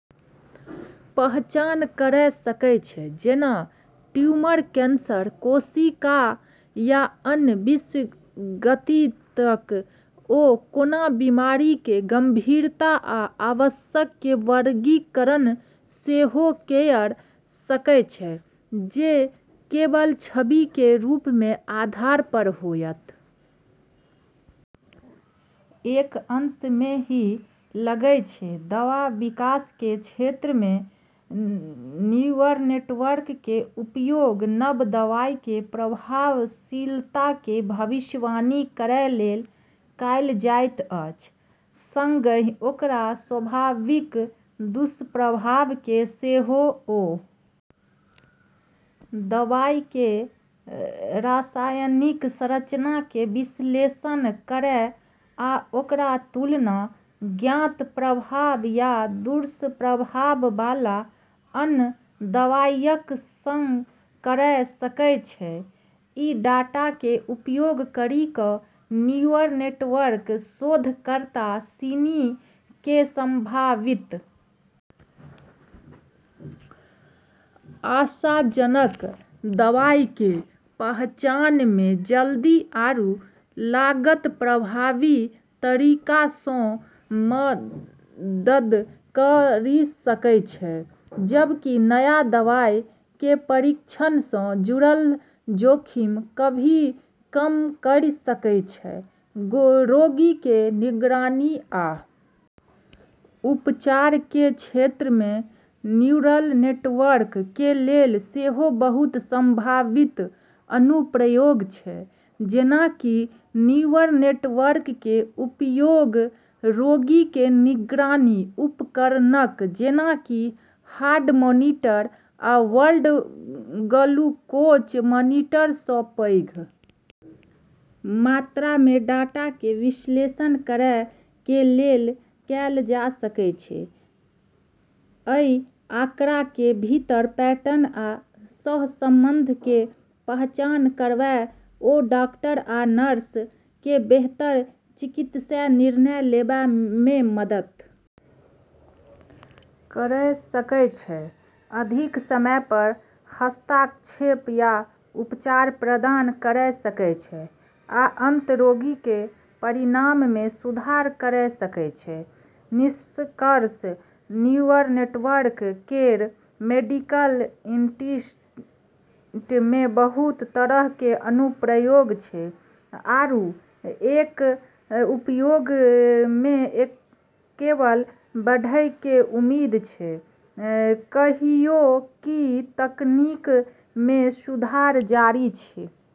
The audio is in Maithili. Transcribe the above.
पहचान कयर सकय छै जेना ट्यूमर, कैंसर कोशिका या अन्य विसंगतियक ओ कोनों बीमारी कें गंभीरता या अवस्था कें वर्गीकरण सेहो कयर सकय छै जे केवल छवि कें रूप कें आधार पर होयत एक अंश मे ही लगै छै, दवा विकास के क्षेत्र में न्यूरल नेटवर्क के उपयोग नव दवाई के प्रभावशीलता के भविष्यवाणी करय लेल कयल जाइत अछि संगहि ओकर संभावित दुष्प्रभाव के सेहो ओ दवाई कें रासायनिक संरचना कें विश्लेषण कयर आ ओकर तुलना ज्ञात प्रभाव या दुष्प्रभाव वाला अन्य दवाइयक सं कयर सकय छै, ई डाटा के उपयोग करी क न्यूरल नेटवर्क शोधकर्ता सिनी क संभावित आशाजनक दवाई के पहचान मे जल्दी आरू लागत प्रभावी तरीका स मदद करी सकै छै, जबकि नया दवाई के परीक्षण स जुड़लऽ जोखिम क॑ भी कम करी सकै छै, रोगी कें निगरानी आ उपचार कें क्षेत्र मे न्यूरल नेटवर्क कें लेल सेहो बहुत संभावित अनुप्रयोग छै जेना कि न्यूरल नेटवर्क कें उपयोग रोगी कें निगरानी उपकरणक जेना कि हार्ट मॉनिटर आ ब्लड ग्लूकोज मॉनिटर सं पैघ मात्रा मे डाटा कें विश्लेषण करय कें लेल कैल जा सकय छै, अइ आंकड़ा कें भीतर पैटर्न आ सहसंबंध कें पहचान करयत ओ डॉक्टर आ नर्सक कें बेहतर चिकित्सा निर्णय लेवा मे मदद कयर सकय छै, अधिक समय पर हस्तक्षेप या उपचार प्रदान कयर सकय छै आ अंततः रोगी कें परिणाम मे सुधार कयर सकय छै, निष्कर्षतः न्यूरल नेटवर्क केरऽ मेडिकल इंडस्ट्री मे बहुत तरह के अनुप्रयोग छै आरू एकरऽ उपयोग मे केवल बढ़ै के उम्मीद छै, कैन्हेंकि ई तकनीक मे सुधार जारी छै।